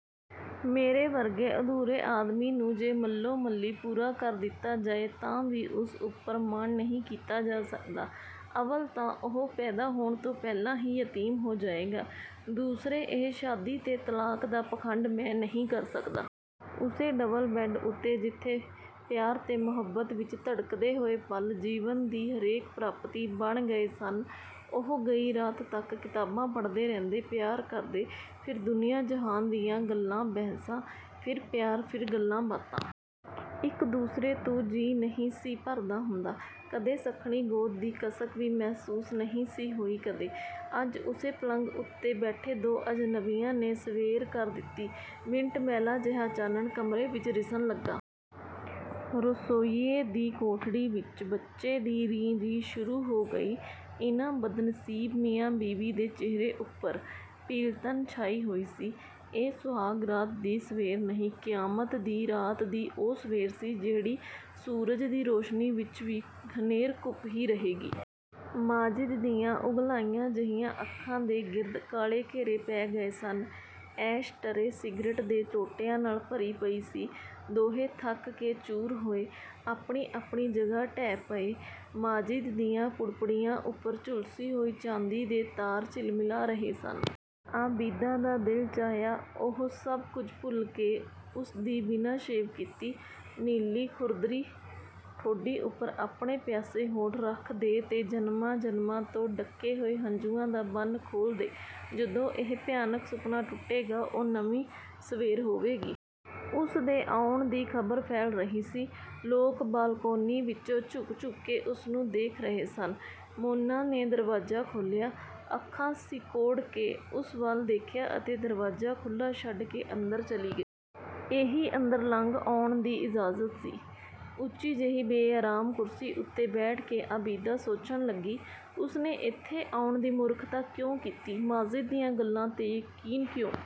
"ਮੇਰੇ ਵਰਗੇ ਅਧੂਰੇ ਆਦਮੀ ਨੂੰ ਜੇ ਮੱਲੋ-ਮੱਲੀ ਪੂਰਾ ਕਰ ਦਿੱਤਾ ਜਾਏ ਤਾਂ ਵੀ ਉਸ ਉੱਪਰ ਮਾਣ ਨਹੀਂ ਕੀਤਾ ਜਾ ਸਕਦਾ। ਅੱਵਲ ਤਾਂ ਉਹ ਪੈਦਾ ਹੋਣ ਤੋਂ ਪਹਿਲਾਂ ਹੀ ਯਤੀਮ ਹੋ ਜਾਏਗਾ, ਦੂਸਰੇ ਇਹ ਸ਼ਾਦੀ ਤੇ ਤਲਾਕ ਦਾ ਪਾਖੰਡ ਮੈਂ ਨਹੀਂ ਕਰ ਸਕਦਾ।" ਉਸੇ ਡਬਲ-ਬੈੱਡ ਉੱਤੇ ਜਿੱਥੇ ਪਿਆਰ ਤੇ ਮੁਹੱਬਤ ਵਿੱਚ ਧੜਕਦੇ ਹੋਏ ਪਲ ਜੀਵਨ ਦੀ ਹਰੇਕ ਪ੍ਰਾਪਤੀ ਬਣ ਗਏ ਸਨ, ਉਹ ਗਈ ਰਾਤ ਤੱਕ ਕਿਤਾਬਾਂ ਪੜ੍ਹਦੇ ਰਹਿੰਦੇ, ਪਿਆਰ ਕਰਦੇ। ਫਿਰ ਦੁਨੀਆਂ-ਜਹਾਨ ਦੀਆਂ ਗੱਲਾਂ-ਬਹਿਸਾਂ, ਫਿਰ ਪਿਆਰ, ਫਿਰ ਗੱਲਾਂ-ਬਾਤਾਂ। ਇੱਕ ਦੂਸਰੇ ਤੋਂ ਜੀਅ ਹੀ ਨਹੀਂ ਸੀ ਭਰਦਾ ਹੁੰਦਾ। ਕਦੇ ਸੱਖਣੀ ਗੋਦ ਦੀ ਕਸਕ ਵੀ ਮਹਿਸੂਸ ਨਹੀਂ ਸੀ ਹੋਈ ਕਦੇ। ਅੱਜ ਉਸੇ ਪਲੰਘ ਉੱਤੇ ਬੈਠੇ ਦੋ ਅਜਨਬੀਆਂ ਨੇ ਸਵੇਰ ਕਰ ਦਿੱਤੀ। ਮਿੱਟ-ਮੈਲਾ ਜਿਹਾ ਚਾਨਣ ਕਮਰੇ ਵਿੱਚ ਰਿਸਣ ਲੱਗਾ। ਰਸੋਈਏ ਦੀ ਕੋਠੜੀ ਵਿੱਚ ਬੱਚੇ ਦੀ 'ਰੀਂ-ਰੀਂ' ਸ਼ੁਰੂ ਹੋ ਗਈ। ਇਹਨਾਂ ਬਦਨਸੀਬ ਮੀਆਂ-ਬੀਵੀ ਦੇ ਚਿਹਰੇ ਉੱਪਰ ਪੀਲਤਨ ਛਾਈ ਹੋਈ ਸੀ। ਇਹ ਸੁਹਾਗ ਰਾਤ ਦੀ ਸਵੇਰ ਨਹੀਂ, ਕਿਆਮਤ ਦੀ ਰਾਤ ਦੀ ਉਹ ਸਵੇਰ ਸੀ ਜਿਹੜੀ ਸੂਰਜ ਦੀ ਰੋਸ਼ਨੀ ਵਿੱਚ ਵੀ ਹਨੇਰ-ਘੁੱਪ ਹੀ ਰਹੇਗੀ। ਮਾਜਿਦ ਦੀਆਂ ਉੰਘਲਾਈਆਂ ਜਿਹੀਆਂ ਅੱਖਾਂ ਦੇ ਗਿਰਦ ਕਾਲੇ ਘੇਰੇ ਪੈ ਗਏ ਸਨ। ਐਸ਼-ਟਰੇ ਸਿਗਰੇਟ ਦੇ ਟੋਟਿਆਂ ਨਾਲ ਭਰੀ ਪਈ ਸੀ। ਦੋਹੇਂ ਥੱਕ ਕੇ ਚੂਰ ਹੋਏ, ਆਪਣੀ-ਆਪਣੀ ਜਗ੍ਹਾ ਢਹਿ ਪਏ। ਮਾਜਿਦ ਦੀਆਂ ਪੁੜਪੁੜੀਆਂ ਉੱਪਰ ਝੁਲਸੀ ਹੋਈ ਚਾਂਦੀ ਦੇ ਤਾਰ ਝਿਲਮਿਲਾ ਰਹੇ ਸਨ। ਆਬਿਦਾ ਦਾ ਦਿਲ ਚਾਹਿਆ ਉਹ ਸਭ ਕੁਝ ਭੁੱਲ ਕੇ ਉਸਦੀ ਬਿਨਾਂ ਸ਼ੇਵ ਕੀਤੀ, ਨੀਲੀ ਖੁਰਦਰੀ ਠੋਡੀ ਉੱਪਰ ਆਪਣੇ ਪਿਆਸੇ ਹੋਂਠ ਰੱਖ ਦੇ ਤੇ ਜਨਮਾਂ-ਜਨਮਾਂ ਤੋਂ ਡੱਕੇ ਹੋਏ ਹੰਝੂਆਂ ਦਾ ਬੰਨ੍ਹ ਖੋਲ੍ਹ ਦੇ। ਜਦੋਂ ਇਹ ਭਿਆਨਕ ਸੁਪਨਾ ਟੁੱਟੇਗਾ, ਉਹ ਨਵੀਂ ਸਵੇਰ ਹੋਵੇਗੀ। ਉਸਦੇ ਆਉਣ ਦੀ ਖ਼ਬਰ ਫੈਲ ਰਹੀ ਸੀ। ਲੋਕ ਬਾਲਕੋਨੀ ਵਿੱਚੋਂ ਝੁਕ-ਝੁਕ ਕੇ ਉਸਨੂੰ ਦੇਖ ਰਹੇ ਸਨ। ਮੋਨਾ ਨੇ ਦਰਵਾਜ਼ਾ ਖੋਲ੍ਹਿਆ, ਅੱਖਾਂ ਸਿਕੋੜ ਕੇ ਉਸ ਵੱਲ ਦੇਖਿਆ ਅਤੇ ਦਰਵਾਜ਼ਾ ਖੁੱਲ੍ਹਾ ਛੱਡ ਕੇ ਅੰਦਰ ਚਲੀ ਗਈ। ਇਹੀ ਅੰਦਰ ਲੰਘ ਆਉਣ ਦੀ ਇਜਾਜ਼ਤ ਸੀ। ਉੱਚੀ ਜਿਹੀ ਬੇਆਰਾਮ ਕੁਰਸੀ ਉੱਤੇ ਬੈਠ ਕੇ ਆਬਿਦਾ ਸੋਚਣ ਲੱਗੀ, 'ਉਸਨੇ ਇੱਥੇ ਆਉਣ ਦੀ ਮੂਰਖਤਾ ਕਿਉਂ ਕੀਤੀ?... ਮਾਜਿਦ ਦੀਆਂ ਗੱਲਾਂ 'ਤੇ ਯਕੀਨ ਕਿਉਂ?